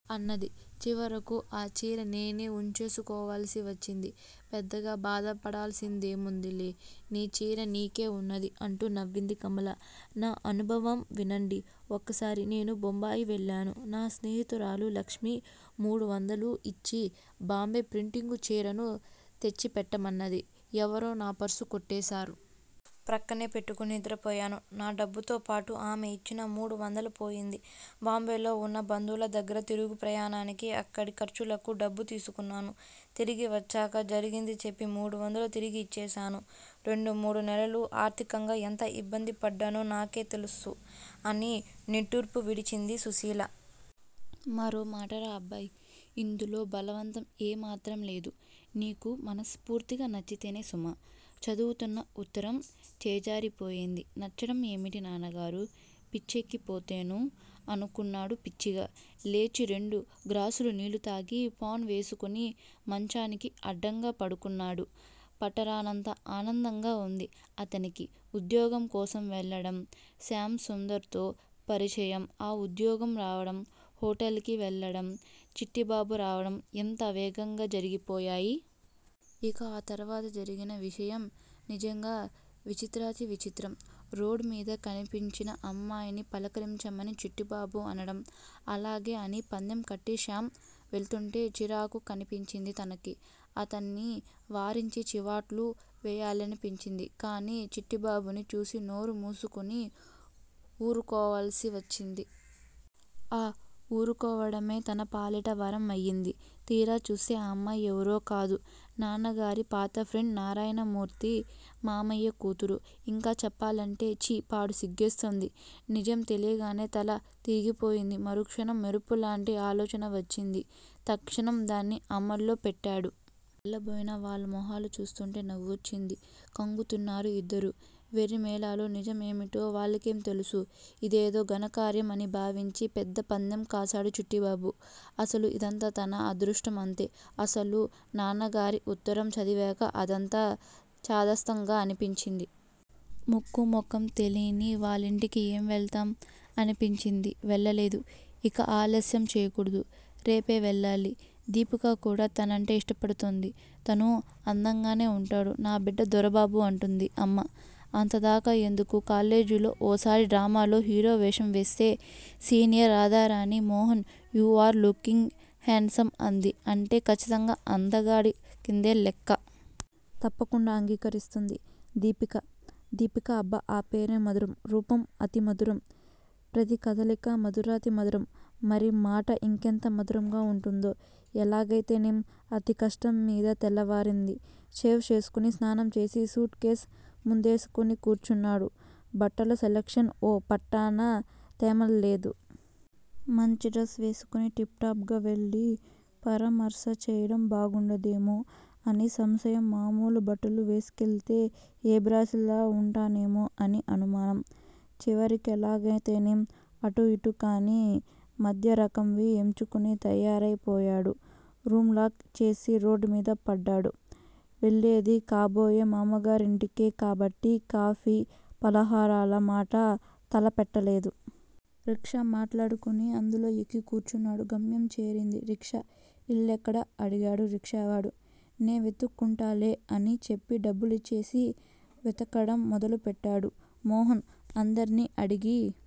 అన్నది. చివరకు ఆ చీర నేనే ఉంచేసుకోవాల్సివచ్చింది. పెద్దగా బాధపడాల్సిందేముందిలే నీ చీర నీకే ఉన్నది అంటూ నవ్వింది కమల. నా అనుభవం వినండి. ఒకసారి నేను బొంబాయి వెళ్ళాను. నా స్నేహితురాలు లక్ష్మి మూడువందలు ఇచ్చి బాంబే ప్రింటింగు చీరెలు తెచ్చిపెట్టమన్నది. ఎవరో నా పర్సు కొట్టేశారు. ప్రక్కనే పెట్టుకొని నిద్రపోయాను. నా డబ్బుతో పాటు ఆమె ఇచ్చిన మూడువందలు పోయింది. బాంబేలో ఉన్న బంధువుల దగ్గర తిరుగు ప్రయాణాలకీ అక్కడి ఖర్చులకి డబ్బు తీసుకున్నాను. తిరిగి వచ్చాక జరిగింది చెప్పి మూడువందలు తిరిగి ఇచ్చేశాను. రెండు మూడు నెలలు ఆర్థికంగా ఎంత ఇబ్బంది పడ్డానో నాకే తెలుసు అని నిట్టూర్పు విడిచింది సుశీల. మరో మాటరా! అబ్బాయ్ ఇందులో బలవంతం ఏ మాత్రం లేదు. నీకు మనస్ఫూర్తిగా నచ్చితేనే సుమా! చదువుతున్న ఉత్తరం చేజారిపోయింది. నచ్చడం ఏమిటి నాన్నగారూ! పిచ్చెక్కిపోతెనూ! అనుకున్నాడు పిచ్చిగా. లేచి రెండు గ్లాసుల నీళ్ళు తాగి ఫాన్ వేసుకుని మంచానికి అడ్డంగా పడుకున్నాడు. పట్టరానంత ఆనందంగా ఉంది అతనికి ఉద్యోగం కోసం వెళ్ళడం శ్యామ్ సుందర్ తో పరిచయం ఆ ఉద్యోగం రావడం హొటల్ కి వెళ్ళడం చిట్టిబాబు రావడం ఎంత వేగంగా జరిగిపోయాయి? ఇక ఆ తరువాత జరిగిన విషయం నిజంగా విచిత్రాతి విచిత్రం. రోడ్ మీద కనిపించిన అమ్మాయిని పలకరించమని చిట్టిబాబు అనడం అలాగే అని పందెం కట్టి శ్యామ్ వెళ్తుంటే చిరాకు అనిపించింది తనకి. అతన్ని వారించి చివాట్లు వెయ్యాలనిపించింది. కానీ చిట్టిబాబుని చూసి నోరు మూసుకుని ఊరుకోవాల్సివచ్చింది. ఆ ఊరుకోవడమే తన పాలిట వరం అయింది. తీరా చూస్తే ఆ అమ్మాయి ఎవరో కాదు నాన్నగారి పాత ఫ్రెండ్ నారాయణమూర్తి మామయ్య కూతురు. ఇంకా చెప్పాలంటే! ఛీ పాడు సిగ్గేస్తుంది. నిజం తెలియగానే తల తిరిగిపోయింది. మరుక్షణం మెరుపులాంటి ఆలోచన వచ్చింది. తక్షణం దాన్ని అమల్లో పెట్టాడు. తెల్లబోయిన వాళ్ళ మొహాలు చూస్తుంటే నవ్వొచ్చింది. ఖంగు తిన్నారు ఇద్దరూ. వెర్రిమేళాలు నిజం ఏమిటో వాళ్ళకేం తెలుసు? ఇదేదో ఘనకార్యం అని భావించి పెద్ద పందెం కాశాడు చిట్టిబాబు. అసలు యిదంతా తన అదృష్టం అంతే అసలు నాన్నగారి ఉత్తరం చదివాక అదంతా చాదస్తంగా అనిపించింది. ముక్కు మొఖం తెలీని వాళ్ళింటికి ఏం వెళ్తాం అనిపించి వెళ్ళలేదు. ఇక ఆలస్యం చెయ్యకూడదు. రేపే వెళ్ళాలి. దీపిక కూడా తనంటే ఇష్టపడుతుంది. తను అందంగానే ఉంటాడు. నా బిడ్డ దొరబాటు అంటుంది అమ్మ. అంతదాకా ఎందుకూ కాలేజీలో ఓ సారి డ్రామాలో హీరో వేషం వేస్తే senior Radharani Mohan you are looking handsome అంది అంటే ఖచ్చితంగా అందగాడి కిందే లెక్క. తప్పకుండా అంగీకరిస్తుంది దీపిక. దీపిక అబ్బ ఆ పేరే మధురం రూపం అతి మధురం ప్రతికదలికా మధురాతి మధురం. మరి మాట యింకెంత మధురంగా ఉంటుందో! ఎలాగైతేనేం అతికష్టంమీద తెల్లవారింది. షేవ్ చేసుకుని స్నానం చేసి సూట్ కేస్ ముందేసుకుని కూర్చున్నాడు. బట్టల సెలక్షన్ ఓ పట్టాన తెమల్లేదు. మంచిడ్రస్ వేసుకుని టిప్ టాప్ గా వెళ్ళి పరామర్శ చెయ్యడం బాగుండదేమో అని సంశయం మామూలు బట్టలు వేసుకెళ్తే ఏబ్రాసిలా ఉంటానేమో అని అనుమానం. చివరికెలాగైతేనేం అటూ ఇటూ కానీ మధ్యరకంవి ఎంచుకుని తయారైపోయాడు. రూమ్ లాక్ చేసి రోడ్డుమీద పడ్డాడు. వెళ్ళేది కాబోయే మామగారింటికే కాబట్టి కాఫీ ఫలహారాల మాట తలపెట్టాలేదు. రిక్షా మాట్లాడుకుని అందులో ఎక్కి కూర్చున్నాడు. గమ్యం చేరింది రిక్షా. ఇల్లెక్కడ? అడిగాడు రిక్షావాడు నే వెతుక్కుంటాలే అని చెప్పి డబ్బులిచ్చేసి వెతకడం మొదలు పెట్టాడు మోహన్. అందర్నీ అడిగి